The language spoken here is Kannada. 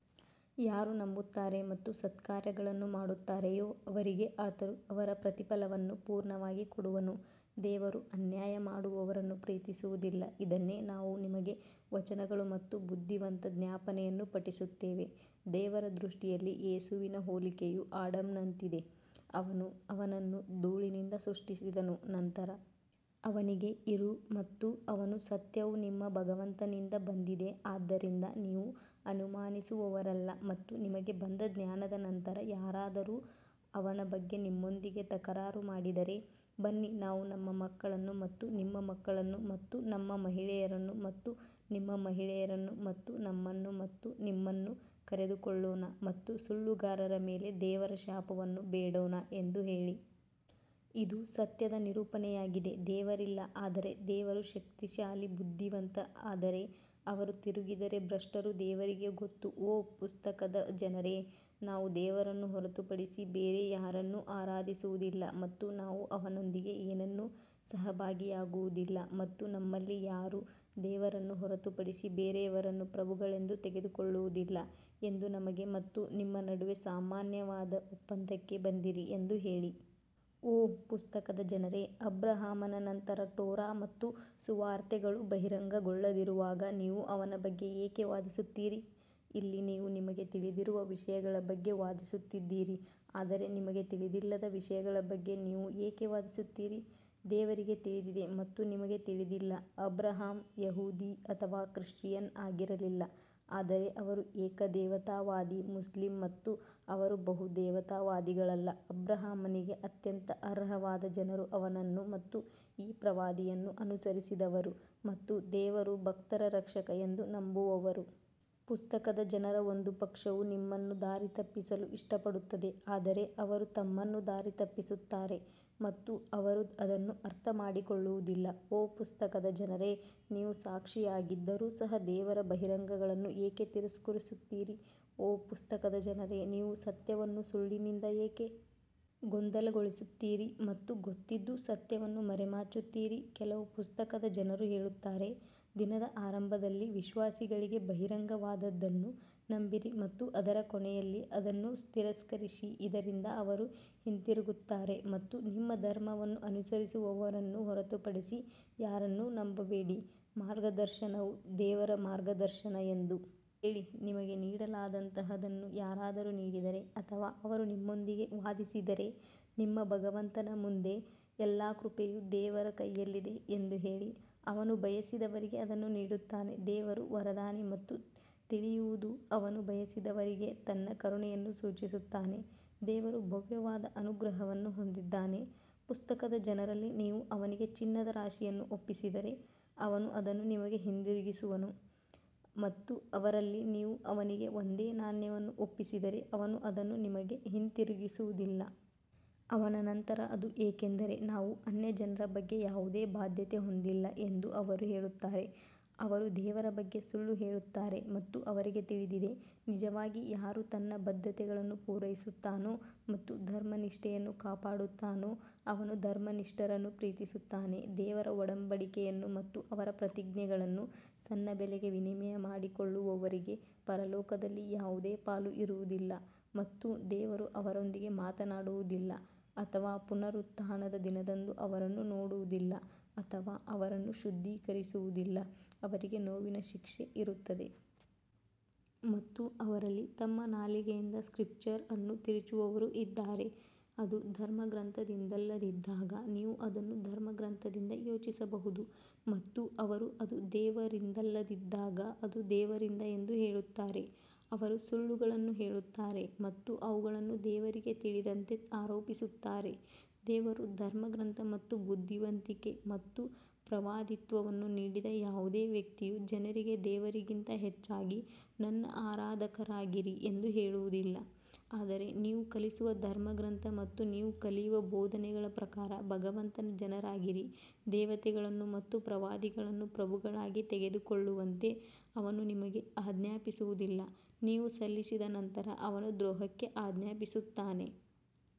ಯಾರು ನಂಬುತ್ತಾರೆ ಮತ್ತು ಸತ್ಕಾರ್ಯಗಳನ್ನು ಮಾಡುತ್ತಾರೆಯೋ ಅವರಿಗೆ ಆತನು ಅವರ ಪ್ರತಿಫಲವನ್ನು ಪೂರ್ಣವಾಗಿ ಕೊಡುವನು ದೇವರು ಅನ್ಯಾಯ ಮಾಡುವವರನ್ನು ಪ್ರೀತಿಸುವುದಿಲ್ಲ ಇದನ್ನೇ ನಾವು ನಿಮಗೆ ವಚನಗಳು ಮತ್ತು ಬುದ್ಧಿವಂತ ಜ್ಞಾಪನೆಯನ್ನು ಪಠಿಸುತ್ತೇವೆ ದೇವರ ದೃಷ್ಟಿಯಲ್ಲಿ ಯೇಸುವಿನ ಹೋಲಿಕೆಯು ಆಡಮ್ನಂತಿದೆ, ಅವನು ಅವನನ್ನು ಧೂಳಿನಿಂದ ಸೃಷ್ಟಿಸಿದನು ನಂತರ ಅವನಿಗೆ ಇರು ಮತ್ತು ಅವನು ಸತ್ಯವು ನಿಮ್ಮ ಭಗವಂತನಿಂದ ಬಂದಿದೆ ಆದ್ದರಿಂದ ನೀವು ಅನುಮಾನಿಸುವವರಲ್ಲ ಮತ್ತು ನಿಮಗೆ ಬಂದ ಜ್ಞಾನದ ನಂತರ ಯಾರಾದರೂ ಅವನ ಬಗ್ಗೆ ನಿಮ್ಮೊಂದಿಗೆ ತಕರಾರು ಮಾಡಿದರೆ, ಬನ್ನಿ ನಾವು ನಮ್ಮ ಮಕ್ಕಳನ್ನು ಮತ್ತು ನಿಮ್ಮ ಮಕ್ಕಳನ್ನು ಮತ್ತು ನಮ್ಮ ಮಹಿಳೆಯರನ್ನು ಮತ್ತು ನಿಮ್ಮ ಮಹಿಳೆಯರನ್ನು ಮತ್ತು ನಮ್ಮನ್ನು ಮತ್ತು ನಿಮ್ಮನ್ನು ಕರೆದುಕೊಳ್ಳೋಣ ಮತ್ತು ಸುಳ್ಳುಗಾರರ ಮೇಲೆ ದೇವರ ಶಾಪವನ್ನು ಬೇಡೋಣ ಎಂದು ಹೇಳಿ. ಇದು ಸತ್ಯದ ನಿರೂಪಣೆಯಾಗಿದೆ ದೇವರಿಲ್ಲ ಆದರೆ ದೇವರು ಶಕ್ತಿಶಾಲಿ ಬುದ್ಧಿವಂತ ಆದರೆ ಅವರು ತಿರುಗಿದರೆ ಭ್ರಷ್ಟರು ದೇವರಿಗೆ ಗೊತ್ತು ಓ ಪುಸ್ತಕದ ಜನರೇ, ನಾವು ದೇವರನ್ನು ಹೊರತುಪಡಿಸಿ ಬೇರೆ ಯಾರನ್ನೂ ಆರಾಧಿಸುವುದಿಲ್ಲ ಮತ್ತು ನಾವು ಅವನೊಂದಿಗೆ ಏನನ್ನೂ ಸಹಭಾಗಿಯಾಗುವುದಿಲ್ಲ ಮತ್ತು ನಮ್ಮಲ್ಲಿ ಯಾರೂ ದೇವರನ್ನು ಹೊರತುಪಡಿಸಿ ಬೇರೆಯವರನ್ನು ಪ್ರಭುಗಳೆಂದು ತೆಗೆದುಕೊಳ್ಳುವುದಿಲ್ಲ ಎಂದು ನಮಗೆ ಮತ್ತು ನಿಮ್ಮ ನಡುವೆ ಸಾಮಾನ್ಯವಾದ ಒಪ್ಪಂದಕ್ಕೆ ಬಂದಿರಿ ಎಂದು ಹೇಳಿ. ಓ ಪುಸ್ತಕದ ಜನರೇ, ಅಬ್ರಹಾಮನ ನಂತರ ಟೋರಾ ಮತ್ತು ಸುವಾರ್ತೆಗಳು ಬಹಿರಂಗಗೊಳ್ಳದಿರುವಾಗ ನೀವು ಅವನ ಬಗ್ಗೆ ಏಕೆ ವಾದಿಸುತ್ತೀರಿ? ಇಲ್ಲಿ ನೀವು ನಿಮಗೆ ತಿಳಿದಿರುವ ವಿಷಯಗಳ ಬಗ್ಗೆ ವಾದಿಸುತ್ತಿದ್ದೀರಿ ಆದರೆ ನಿಮಗೆ ತಿಳಿದಿಲ್ಲದ ವಿಷಯಗಳ ಬಗ್ಗೆ ನೀವು ಏಕೆ ವಾದಿಸುತ್ತೀರಿ ದೇವರಿಗೆ ತಿಳಿದಿದೆ ಮತ್ತು ನಿಮಗೆ ತಿಳಿದಿಲ್ಲ ಅಬ್ರಹಾಂ ಯಹೂದಿ ಅಥವಾ ಕ್ರಿಶ್ಚಿಯನ್ ಆಗಿರಲಿಲ್ಲ ಆದರೆ ಅವರು ಏಕದೇವತಾವಾದಿ ಮುಸ್ಲಿಂ ಮತ್ತು ಅವರು ಬಹುದೇವತಾವಾದಿಗಳಲ್ಲ ಅಬ್ರಹಾಮನಿಗೆ ಅತ್ಯಂತ ಅರ್ಹವಾದ ಜನರು ಅವನನ್ನು ಮತ್ತು ಈ ಪ್ರವಾದಿಯನ್ನು ಅನುಸರಿಸಿದವರು ಮತ್ತು ದೇವರು ಭಕ್ತರ ರಕ್ಷಕ ಎಂದು ನಂಬುವವರು. ಪುಸ್ತಕದ ಜನರ ಒಂದು ಪಕ್ಷವು ನಿಮ್ಮನ್ನು ದಾರಿತಪ್ಪಿಸಲು ಇಷ್ಟಪಡುತ್ತದೆ ಆದರೆ ಅವರು ತಮ್ಮನ್ನು ದಾರಿ ತಪ್ಪಿಸುತ್ತಾರೆ ಮತ್ತು ಅವರು ಅದನ್ನು ಅರ್ಥಮಾಡಿಕೊಳ್ಳುವುದಿಲ್ಲ ಓ ಪುಸ್ತಕದ ಜನರೇ, ನೀವು ಸಾಕ್ಷಿಯಾಗಿದ್ದರೂ ಸಹ ದೇವರ ಬಹಿರಂಗಗಳನ್ನು ಏಕೆ ತಿರಸ್ಕರಿಸುತ್ತೀರಿ ಓ ಪುಸ್ತಕದ ಜನರೇ, ನೀವು ಸತ್ಯವನ್ನು ಸುಳ್ಳಿನಿಂದ ಏಕೆ ಗೊಂದಲಗೊಳಿಸುತ್ತೀರಿ ಮತ್ತು ಗೊತ್ತಿದ್ದೂ ಸತ್ಯವನ್ನು ಮರೆಮಾಚುತ್ತೀರಿ ಕೆಲವು ಪುಸ್ತಕದ ಜನರು ಹೇಳುತ್ತಾರೆ, ದಿನದ ಆರಂಭದಲ್ಲಿ ವಿಶ್ವಾಸಿಗಳಿಗೆ ಬಹಿರಂಗವಾದದ್ದನ್ನು ನಂಬಿರಿ ಮತ್ತು ಅದರ ಕೊನೆಯಲ್ಲಿ ಅದನ್ನು ತಿರಸ್ಕರಿಸಿ ಇದರಿಂದ ಅವರು ಹಿಂತಿರುಗುತ್ತಾರೆ ಮತ್ತು ನಿಮ್ಮ ಧರ್ಮವನ್ನು ಅನುಸರಿಸುವವರನ್ನು ಹೊರತುಪಡಿಸಿ ಯಾರನ್ನೂ ನಂಬಬೇಡಿ, ಮಾರ್ಗದರ್ಶನವು ದೇವರ ಮಾರ್ಗದರ್ಶನ ಎಂದು ಹೇಳಿ, ನಿಮಗೆ ನೀಡಲಾದಂತಹದನ್ನು ಯಾರಾದರೂ ನೀಡಿದರೆ ಅಥವಾ ಅವರು ನಿಮ್ಮೊಂದಿಗೆ ವಾದಿಸಿದರೆ ನಿಮ್ಮ ಭಗವಂತನ ಮುಂದೆ ಎಲ್ಲಾ ಕೃಪೆಯು ದೇವರ ಕೈಯಲ್ಲಿದೆ ಎಂದು ಹೇಳಿ ಅವನು ಬಯಸಿದವರಿಗೆ ಅದನ್ನು ನೀಡುತ್ತಾನೆ ದೇವರು ವರದಾನಿ ಮತ್ತು ತಿಳಿಯುವುದು ಅವನು ಬಯಸಿದವರಿಗೆ ತನ್ನ ಕರುಣೆಯನ್ನು ಸೂಚಿಸುತ್ತಾನೆ ದೇವರು ಭವ್ಯವಾದ ಅನುಗ್ರಹವನ್ನು ಹೊಂದಿದ್ದಾನೆ ಪುಸ್ತಕದ ಜನರಲ್ಲಿ ನೀವು ಅವನಿಗೆ ಚಿನ್ನದ ರಾಶಿಯನ್ನು ಒಪ್ಪಿಸಿದರೆ ಅವನು ಅದನ್ನು ನಿಮಗೆ ಹಿಂದಿರುಗಿಸುವನು ಮತ್ತು ಅವರಲ್ಲಿ ನೀವು ಅವನಿಗೆ ಒಂದೇ ನಾಣ್ಯವನ್ನು ಒಪ್ಪಿಸಿದರೆ ಅವನು ಅದನ್ನು ನಿಮಗೆ ಹಿಂತಿರುಗಿಸುವುದಿಲ್ಲ. ಅವನ ನಂತರ ಅದು ಏಕೆಂದರೆ ನಾವು ಅನ್ಯಜನರ ಬಗ್ಗೆ ಯಾವುದೇ ಬಾಧ್ಯತೆ ಹೊಂದಿಲ್ಲ ಎಂದು ಅವರು ಹೇಳುತ್ತಾರೆ ಅವರು ದೇವರ ಬಗ್ಗೆ ಸುಳ್ಳು ಹೇಳುತ್ತಾರೆ ಮತ್ತು ಅವರಿಗೆ ತಿಳಿದಿದೆ ನಿಜವಾಗಿ ಯಾರು ತನ್ನ ಬದ್ಧತೆಗಳನ್ನು ಪೂರೈಸುತ್ತಾನೋ ಮತ್ತು ಧರ್ಮನಿಷ್ಠೆಯನ್ನು ಕಾಪಾಡುತ್ತಾನೋ ಅವನು ಧರ್ಮನಿಷ್ಠರನ್ನು ಪ್ರೀತಿಸುತ್ತಾನೆ ದೇವರ ಒಡಂಬಡಿಕೆಯನ್ನು ಮತ್ತು ಅವರ ಪ್ರತಿಜ್ಞೆಗಳನ್ನು ಸಣ್ಣ ಬೆಲೆಗೆ ವಿನಿಮಯ ಮಾಡಿಕೊಳ್ಳುವವರಿಗೆ ಪರಲೋಕದಲ್ಲಿ ಯಾವುದೇ ಪಾಲು ಇರುವುದಿಲ್ಲ ಮತ್ತು ದೇವರು ಅವರೊಂದಿಗೆ ಮಾತನಾಡುವುದಿಲ್ಲ ಅಥವಾ ಪುನರುತ್ಥಾನದ ದಿನದಂದು ಅವರನ್ನು ನೋಡುವುದಿಲ್ಲ ಅಥವಾ ಅವರನ್ನು ಶುದ್ಧೀಕರಿಸುವುದಿಲ್ಲ, ಅವರಿಗೆ ನೋವಿನ ಶಿಕ್ಷೆ ಇರುತ್ತದೆ. ಮತ್ತು ಅವರಲ್ಲಿ ತಮ್ಮ ನಾಲಿಗೆಯಿಂದ ಸ್ಕ್ರಿಪ್ಚರ್ ಅನ್ನು ತಿರುಚುವವರೂ ಇದ್ದಾರೆ, ಅದು ಧರ್ಮಗ್ರಂಥದಿಂದಲ್ಲದಿದ್ದಾಗ ನೀವು ಅದನ್ನು ಧರ್ಮಗ್ರಂಥದಿಂದ ಯೋಚಿಸಬಹುದು ಮತ್ತು ಅವರು ಅದು ದೇವರಿಂದಲ್ಲದಿದ್ದಾಗ ಅದು ದೇವರಿಂದ ಎಂದು ಹೇಳುತ್ತಾರೆ ಅವರು ಸುಳ್ಳುಗಳನ್ನು ಹೇಳುತ್ತಾರೆ ಮತ್ತು ಅವುಗಳನ್ನು ದೇವರಿಗೆ ತಿಳಿದಂತೆ ಆರೋಪಿಸುತ್ತಾರೆ. ದೇವರು ಧರ್ಮಗ್ರಂಥ ಮತ್ತು ಬುದ್ಧಿವಂತಿಕೆ ಮತ್ತು ಪ್ರವಾದಿತ್ವವನ್ನು ನೀಡಿದ ಯಾವುದೇ ವ್ಯಕ್ತಿಯು ಜನರಿಗೆ ದೇವರಿಗಿಂತ ಹೆಚ್ಚಾಗಿ ನನ್ನ ಆರಾಧಕರಾಗಿರಿ ಎಂದು ಹೇಳುವುದಿಲ್ಲ ಆದರೆ ನೀವು ಕಲಿಸುವ ಧರ್ಮಗ್ರಂಥ ಮತ್ತು ನೀವು ಕಲಿಯುವ ಬೋಧನೆಗಳ ಪ್ರಕಾರ ಭಗವಂತನ ಜನರಾಗಿರಿ ದೇವತೆಗಳನ್ನು ಮತ್ತು ಪ್ರವಾದಿಗಳನ್ನು ಪ್ರಭುಗಳಾಗಿ ತೆಗೆದುಕೊಳ್ಳುವಂತೆ ಅವನು ನಿಮಗೆ ಆಜ್ಞಾಪಿಸುವುದಿಲ್ಲ, ನೀವು ಸಲ್ಲಿಸಿದ ನಂತರ ಅವನು ದ್ರೋಹಕ್ಕೆ ಆಜ್ಞಾಪಿಸುತ್ತಾನೆ.